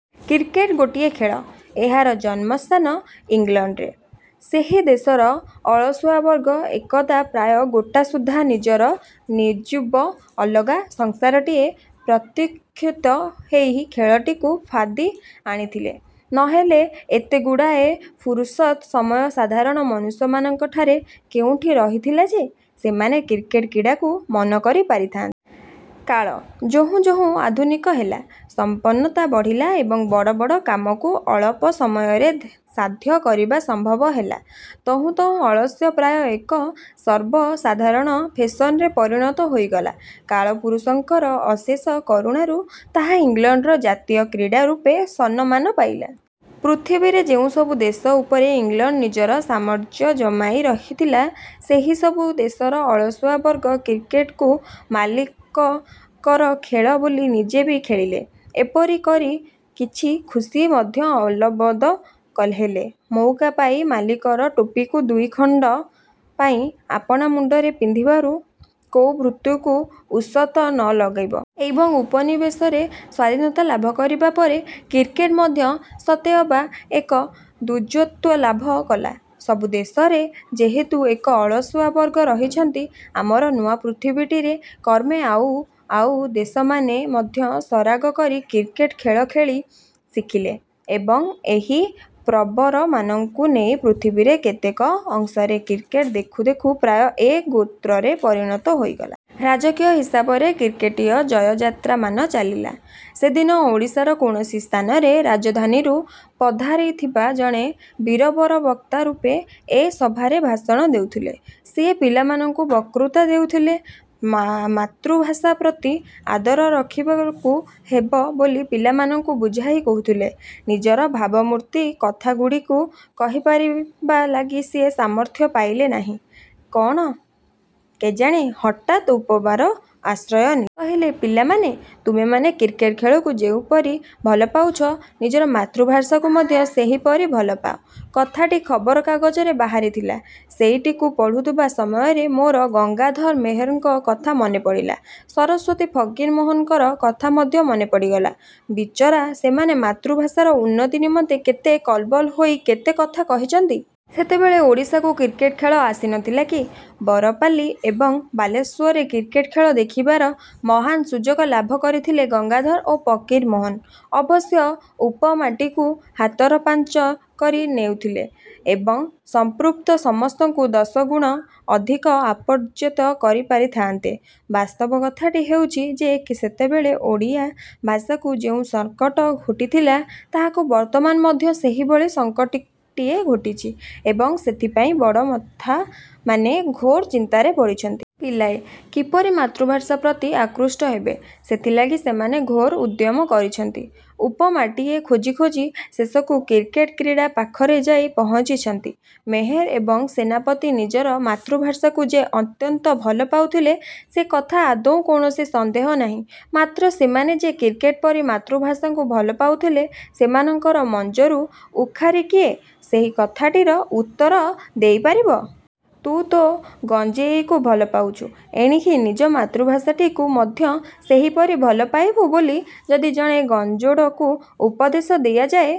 Cricket ଗୋଟିଏ ଖେଳ। ଏହାର ଜନ୍ମସ୍ଥାନ ଇଂଲଣ୍ଡରେ। ସେହି ଦେଶର ଅଳସୁଆବର୍ଗ ଏକଦା ପ୍ରାୟ ଗୋଟାସୁଦ୍ଧା ନିଜର ନିର୍ଜୁବ ଅଲଗା ସଂସାରଟିଏ ପ୍ରତ୍ୟୁଖିତ ଏହି ଖେଳଟିକୁ ଫାଦି ଆଣିଥିଲେ। ନହେଲେ ଏତେଗୁଡ଼ାଏ ଫୁରୁସତ୍ ସମୟ ସାଧାରଣ ମନୁଷ୍ୟମାନଙ୍କ ଠାରେ କେଉଁଠି ରହିଥିଲା ଯେ, ସେମାନେ କ୍ରିକେଟ କ୍ରୀଡ଼ାକୁ ମନକରି ପାରିଥାନ୍ତେ? କାଳ ଯହୁଁ ଯହୁଁ ଆଧୁନିକ ହେଲା, ସମ୍ପନ୍ନତା ବଢ଼ିଲା ଏବଂ ବଡ଼ ବଡ଼ କାମକୁ ଅଳପ ସମୟରେ ସାଧ୍ୟ କରିବା ସମ୍ଭବ ହେଲା ତହୁଁ ତହୁଁ ଅଳସ୍ୟ ପ୍ରାୟ ଏକ ସର୍ବସାଧାରଣ ଫେଶନରେ ପରିଣତ ହୋଇଗଲା। କାଳପୁରୁଷଙ୍କର ଅଶେଷ କରୁଣାରୁ ତାହା ଇଂଲଣ୍ଡର ଜାତୀୟ କ୍ରୀଡ଼ା ରୂପେ ସନମାନ ପାଇଲା। ପୃଥିବୀରେ ଯେଉଁ ସବୁ ଦେଶ ଉପରେ ଇଂଲଣ୍ଡ ନିଜର ସାମ୍ରଜ୍ୟ ଜମାଇ ରଖିଥିଲା, ସେହିସବୁ ଦେଶର ଅଳସୁଆ ବର୍ଗ କ୍ରିକେଟ୍କୁ ମାଲିକଙ୍କର ଖେଳ ବୋଲି ନିଜେ ବି ଖେଳିଲେ, ଏପରି କରି କିଛି ଖୁସି ମଧ୍ୟ ଅଲବତ ହେଲେ। ମୋଉକା ପାଇ ମାଲିକର ଟୋପିକୁ ଦୁଇ ଖଣ୍ଡ ପାଇଁ ଆପଣା ମୁଣ୍ଡରେ ପିନ୍ଧିବାରୁ କୋଉ ଭୃତ୍ୟକୁ ଉଷତ ନ ଲଗେଇବ? ଏବଂ ଉପନିବେଶରେ ସ୍ୱାଧୀନତା ଲାଭ କରିବା ପରେ କ୍ରିକେଟ ମଧ୍ୟ ସତେ ଅବା ଏକ ଦ୍ୱିଜତ୍ୱ ଲାଭ କଲା। ସବୁ ଦେଶରେ ଯେହେତୁ ଏକ ଅଳସୁଆ ବର୍ଗ ରହିଛନ୍ତି, ଆମର ନୂଆ ପୃଥିବୀଟିରେ କର୍ମେ ଆଉ ଆଉ ଦେଶମାନେ ମଧ୍ୟ ସରାଗ କରି କ୍ରିକେଟ ଖେଳ ଖେଳି ଶିଖିଲେ ଏବଂ ଏହି ପ୍ରବରମାନଙ୍କୁ ନେଇ ପୃଥିବୀରେ କେତେକ ଅଂଶରେ କ୍ରିକେଟ ଦେଖୁ ଦେଖୁ ପ୍ରାୟ ଏକ ଗୋତ୍ରରେ ପରିଣତ ହୋଇଗଲା। ରାଜକୀୟ ହିସାବରେ କ୍ରିକେଟୀୟ ଜୟଯାତ୍ରାମାନ ଚାଲିଲା। ସେଦିନ ଓଡ଼ିଶାର କୌଣସି ସ୍ଥାନରେ ରାଜଧାନୀରୁ ପଧାରିଥିବା ଜଣେ ବୀରବର ବକ୍ତା ରୂପେ ଏ ସଭାରେ ଭାଷଣ ଦେଉଥିଲେ, ସିଏ ପିଲାମାନଙ୍କୁ ବକ୍ତୃତା ଦେଉଥିଲେ। ମା ମାତୃଭାଷା ପ୍ରତି ଆଦର ରଖିବାକୁ ହେବ ବୋଲି ପିଲାମାନଙ୍କୁ ବୁଝାଇ କହୁଥିଲେ। ନିଜର ଭାବମୂର୍ତ୍ତ କଥାଗୁଡ଼ିକୁ କହି ପାରିବା ଲାଗି ସିଏ ସାମର୍ଥ୍ୟ ପାଇଲେ ନାହିଁ କଣ କେଜାଣି, ହଠାତ୍ ଉପଵାର ଆଶ୍ରୟ ନେଲେ। କହିଲେ ପିଲାମାନେ ତୁମେମାନେ କ୍ରିକେଟ ଖେଳକୁ ଯେଉଁପରି ଭଲ ପାଉଛ, ନିଜର ମାତୃଭାଷାକୁ ମଧ୍ୟ ସେହିପରି ଭଲ ପାଅ। କଥାଟି ଖବରକାଗଜରେ ବାହାରିଥିଲା। ସେଇଟିକୁ ପଢୁଥିବା ସମୟରେ ମୋର ଗଙ୍ଗାଧର ମେହେରଙ୍କ କଥା ମନେପଡ଼ିଲା, ସରସ୍ୱତୀ ଫକୀରମୋହନଙ୍କର କଥା ମଧ୍ୟ ମନେପଡ଼ିଗଲା। ବିଚରା ସେମାନେ ମାତୃଭାଷାର ଉନ୍ନତି ନିମନ୍ତେ କେତେ କଲବଲ ହୋଇ କେତେ କଥା କହିଛନ୍ତି। ସେତେବେଳେ ଓଡ଼ିଶାକୁ କ୍ରିକେଟ ଖେଳ ଆସିନଥିଲା କି? ବରପାଲି ଏବଂ ବାଲେଶ୍ୱରରେ କ୍ରିକେଟ ଖେଳ ଦେଖିବାର ମହାନ୍ ସୁଯୋଗ ଲାଭ କରିଥିଲେ ଗଙ୍ଗାଧର ଓ ଫକୀରମୋହନ ଅବଶ୍ୟ ଉପମାଟିକୁ ହାତରପାଞ୍ଚ କରି ନେଉଥିଲେ ଏବଂ ସମ୍ପୃକ୍ତ ସମସ୍ତଙ୍କୁ ଦଶଗୁଣ ଅଧିକ ଆପର୍ଜ ତ କରିପାରିଥାନ୍ତେ। ବାସ୍ତବ କଥାଟି ହେଉଛି ଯେ, ସେତେବେଳେ ଓଡିଆ ଭାଷାକୁ ଯେଉଁ ସଂକଟ ଘୋଟିଥିଲା ତାହାକୁ ବର୍ତ୍ତମାନ ମଧ୍ୟ ସେହିଭଳି ସଂକଟଟିଏ ଘୋଟିଛି ଏବଂ ସେଥିପାଇଁ ବଡ଼ମଥାମାନେ ଘୋର ଚିନ୍ତାରେ ପିଲାଏ କିପରି ମାତୃଭାଷା ପ୍ରତି ଆକୃଷ୍ଟ ହେବେ, ସେଥିଲାଗି ସେମାନେ ଘୋର ଉଦ୍ୟମ କରିଛନ୍ତି। ଉପମାଟିଏ ଖୋଜି ଖୋଜି ଶେଷକୁ କ୍ରିକେଟ କ୍ରୀଡ଼ା ପାଖରେ ଯାଇ ପହଞ୍ଚିଛନ୍ତି। ମେହେର ଏବଂ ସେନାପତି ନିଜର ମାତୃଭାଷାକୁ ଯେ ଅତ୍ୟନ୍ତ ଭଲ ପାଉଥିଲେ, ସେ କଥା ଆଦୌ କୌଣସି ସନ୍ଦେହ ନାହିଁ ମାତ୍ର ସେମାନେ ଯେ କ୍ରିକେଟ ପରି ମାତୃଭାଷାକୁ ଭଲ ପାଉଥିଲେ, ସେମାନଙ୍କର ମଞ୍ଜରୁ ଉଖାରି କିଏ ସେହି କଥାଟିର ଉତ୍ତର ଦେଇପାରିବ? ତୁ ତୋ ଗଞ୍ଜେଇକୁ ଭଲ ପାଉଛୁ, ଏଣିକି ନିଜ ମାତୃଭାଷାଟିକୁ ମଧ୍ୟ ସେହିପରି ଭଲ ପାଇବୁ ବୋଲି ଯଦି ଜଣେ ଗଞ୍ଜୋଡ଼କୁ ଉପଦେଶ ଦିଆଯାଏ